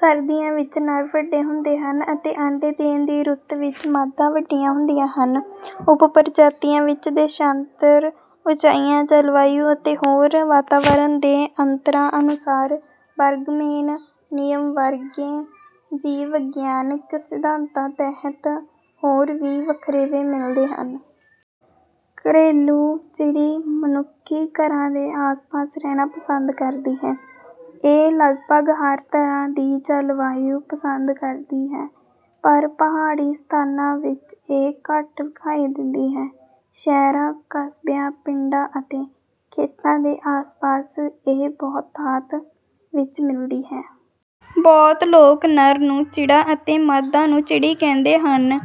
ਸਰਦੀਆਂ ਵਿੱਚ ਨਰ ਵੱਡੇ ਹੁੰਦੇ ਹਨ ਅਤੇ ਅੰਡੇ ਦੇਣ ਦੀ ਰੁੱਤ ਵਿੱਚ ਮਾਦਾ ਵੱਡੀਆਂ ਹੁੰਦੀਆਂ ਹਨ। ਉੱਪ ਪ੍ਰਜਾਤੀਆਂ ਵਿੱਚ ਦੇਸ਼ਾਂਤਰ, ਉੱਚਾਈ, ਜਲਵਾਯੂ ਅਤੇ ਹੋਰ ਵਾਤਾਵਰਨ ਦੇ ਅੰਤਰਾਂ ਅਨੁਸਾਰ ਬਰਗਮੈਨ ਨਿਯਮ ਵਰਗੇ ਜੀਵ-ਵਿਗਿਆਨਕ ਸਿਧਾਂਤਾਂ ਤਹਿਤ ਹੋਰ ਵੀ ਵਖਰੇਵੇਂ ਮਿਲਦੇ ਹਨ। ਘਰੇਲੂ ਚਿੜੀ ਮਨੁੱਖੀ ਘਰਾਂ ਦੇ ਆਸਪਾਸ ਰਹਿਣਾ ਪਸੰਦ ਕਰਦੀ ਹੈ। ਇਹ ਲਗਪਗ ਹਰ ਤਰ੍ਹਾਂ ਦੀ ਜਲਵਾਯੂ ਪਸੰਦ ਕਰਦੀ ਹੈ ਪਰ ਪਹਾੜੀ ਸਥਾਨਾਂ ਵਿੱਚ ਇਹ ਘੱਟ ਵਿਖਾਈ ਦਿੰਦੀ ਹੈ। ਸ਼ਹਿਰਾਂ, ਕਸਬਿਆਂ, ਪਿੰਡਾਂ ਅਤੇ ਖੇਤਾਂ ਦੇ ਆਸਪਾਸ ਇਹ ਬਹੁਤਾਤ ਵਿੱਚ ਮਿਲਦੀ ਹੈ। ਬਹੁਤ ਲੋਕ ਨਰ ਨੂੰ ਚਿੜਾ ਅਤੇ ਮਾਦਾ ਨੂੰ ਚਿੜੀ ਕਹਿੰਦੇ ਹਨ।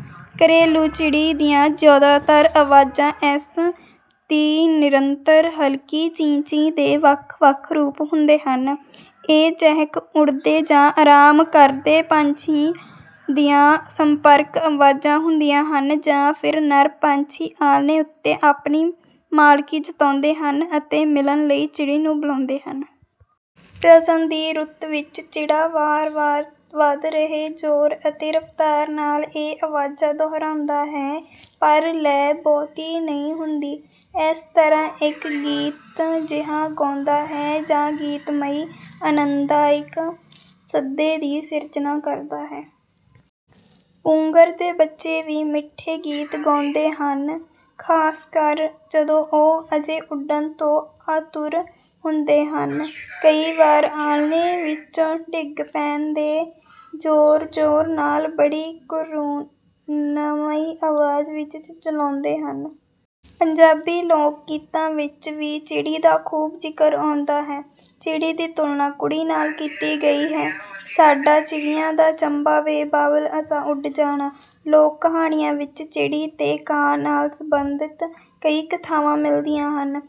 ਘਰੇਲੂ ਚਿੜੀ ਦੀਆਂ ਜਿਆਦਾਤਰ ਆਵਾਜ਼ਾਂ ਇਸ ਦੀ ਨਿਰੰਤਰ ਹਲਕੀ ਚੀਂ-ਚੀਂ ਦੇ ਵੱਖ ਵੱਖ ਰੂਪ ਹੁੰਦੇ ਹਨ। ਇਹ ਚਹਿਕ ਉਡਦੇ ਜਾਂ ਆਰਾਮ ਕਰਦੇ ਪੰਛੀਆਂ ਦੀਆਂ ਸੰਪਰਕ ਆਵਾਜ਼ਾਂ ਹੁੰਦੀਆਂ ਹਨ ਜਾਂ ਫਿਰ ਨਰ ਪੰਛੀ ਆਲ੍ਹਣੇ ਉੱਤੇ ਆਪਣੀ ਮਾਲਕੀ ਜਤਾਉਂਦੇ ਹਨ ਅਤੇ ਮਿਲਣ ਲਈ ਚਿੜੀ ਨੂੰ ਬੁਲਾਉਂਦੇ ਹਨ। ਪ੍ਰਜਨਣ ਦੀ ਰੁੱਤ ਵਿੱਚ ਚਿੜਾ ਵਾਰ ਵਾਰ ਵਧ ਰਹੇ ਜੋਰ ਅਤੇ ਰਫ਼ਤਾਰ ਨਾਲ ਇਹ ਆਵਾਜ਼ਾਂ ਦੁਹਰਾਉਂਦਾ ਹੈ ਪਰ ਲੈਅ ਬਹੁਤੀ ਨਹੀਂ ਹੁੰਦੀ। ਇਸ ਤਰ੍ਹਾਂ ਇੱਕ ਗੀਤ ਜਿਹਾ ਗਾਉਂਦਾ ਹੈ ਜਾਂ ਗੀਤਮਈ ਅਨੰਦਾਇਕ ਸੱਦੇ ਦੀ ਸਿਰਜਣਾ ਕਰਦਾ ਹੈ। ਪੁੰਗਰਦੇ ਬੱਚੇ ਵੀ ਮਿੱਠੇ ਗੀਤ ਗਾਉਂਦੇ ਹਨ ਖਾਸ ਕਰ ਜਦੋਂ ਉਹ ਅਜੇ ਉਡਣ ਤੋਂ ਆਤੁਰ ਹੁੰਦੇ ਹਨ। ਕਈ ਵਾਰ ਆਲ੍ਹਣੇ ਵਿੱਚੋਂ ਡਿੱਗ ਪੈਣ ਤੇ ਜੋਰ ਜੋਰ ਨਾਲ ਬੜੀ ਕਰੁਣਾਮਈ ਆਵਾਜ਼ ਵਿੱਚ ਚਿਚਲਾਉਂਦੇ ਹਨ। ਪੰਜਾਬੀ ਲੋਕ ਗੀਤਾਂ ਵਿੱਚ ਵੀ ਚਿੜੀ ਦਾ ਖੂਬ ਜ਼ਿਕਰ ਆਉਂਦਾ ਹੈ। ਚਿੜੀ ਦੀ ਤੁਲਨਾ ਕੁੜੀ ਨਾਲ ਕੀਤੀ ਗਈ ਹੈ। ਸਾਡਾ ਚਿੜੀਆਂ ਦਾ ਚੰਬਾ ਵੇ ਬਾਬੁਲ ਅਸਾਂ ਉੱਡ ਜਾਣਾ। ਲੋਕ ਕਹਾਣੀਆਂ ਵਿੱਚ ਚਿੜੀ ਤੇ ਕਾਂ ਨਾਲ ਸਬੰਧਤ ਕਈ ਕਥਾਵਾਂ ਮਿਲਦੀਆਂ ਹਨ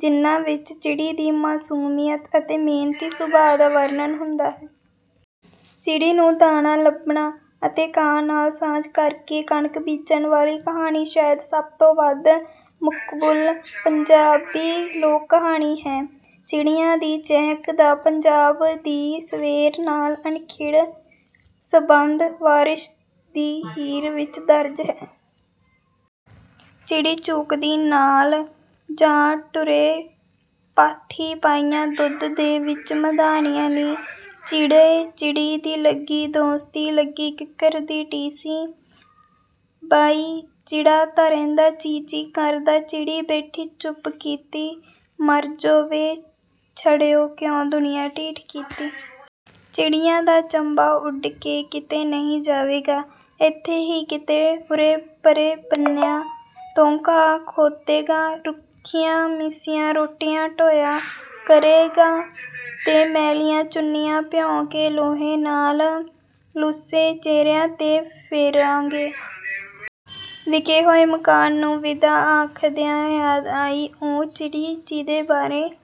ਜਿਹਨਾਂ ਵਿੱਚ ਚਿੜੀ ਦੀ ਮਾਸੂਮੀਅਤ ਅਤੇ ਮਿਹਨਤੀ ਸੁਭਾ ਦਾ ਵਰਣਨ ਹੁੰਦਾ ਹੈ। ਚਿੜੀ ਨੂੰ ਦਾਣਾ ਲੱਭਣਾ ਅਤੇ ਕਾਂ ਨਾਲ ਸਾਂਝ ਕਰ ਕੇ ਕਣਕ ਬੀਜਣ ਵਾਲੀ ਕਹਾਣੀ ਸ਼ਾਇਦ ਸਭ ਤੋਂ ਵੱਧ ਮਕਬੂਲ ਪੰਜਾਬੀ ਲੋਕ ਕਹਾਣੀ ਹੈ। ਚਿੜੀਆਂ ਦੀ ਚਹਿਕ ਦਾ ਪੰਜਾਬ ਦੀ ਸਵੇਰ ਨਾਲ ਅਨਿੱਖੜ ਸੰਬੰਧ ਵਾਰਸ ਦੀ ਹੀਰ ਵਿੱਚ ਦਰਜ ਹੈ। ਚਿੜੀ ਚੂਕਦੀ ਨਾਲ ਜਾਂ ਟੁਰੇ ਪਾਂਧੀ ਪਈਆਂ ਦੁੱਧ ਦੇ ਵਿੱਚ ਮਧਾਣੀਆਂ ਨੀ। ਚਿੜੇ ਚਿੜੀ ਦੀ ਲੱਗੀ ਦੋਸਤੀ ਲੱਗੀ ਕਿੱਕਰ ਦੀ ਟੀਸੀ। ਬਈ ਚਿੜਾ ਤਾਂ ਰਹਿੰਦਾ ਚੀ-ਚੀ ਕਰਦਾ ਚਿੜੀ ਬੈਠੀ ਚੁੱਪ ਕੀਤੀ। ਮਰ ਜੋ ਵੇ ਛੜਿਉ ਕਿਉਂ ਦੁਨੀਆਂ ਢੀਠ ਕੀਤੀ। ਚਿੜੀਆਂ ਦਾ ਚੰਬਾ ਉੱਡ ਕੇ ਕਿਤੇ ਨਹੀਂ ਜਾਵੇਗਾ। ਐਥੇ ਹੀ ਕਿਤੇ ਉਰੇ ਪਰੇ ਬੰਨਿਆਂ ਤੋਂ ਘਾਹ ਖੋਤੇਗਾ। ਰੁੱਖੀਆਂ ਮਿੱਸੀਆਂ ਰੋਟੀਆਂ ਢੋਇਆ ਕਰੇਗਾ ਤੇ ਮੈਲੀਆਂ ਚੁੰਨੀਆਂ ਭਿਉਂ ਕੇ ਲੋਹਿਆਂ ਨਾਲ ਲੂਸੇ ਚਿਹਰਿਆਂ ਤੇ ਫੇਰੇਗਾ। ਵਿਕੇ ਹੋਏ ਮਕਾਨ ਨੂੰ ਵਿਦਾ ਆਖਦਿਆਂ ਯਾਦ ਆਈ ਉਹ ਚਿੜੀ ਜਿਹਦੇ ਬਾਰੇ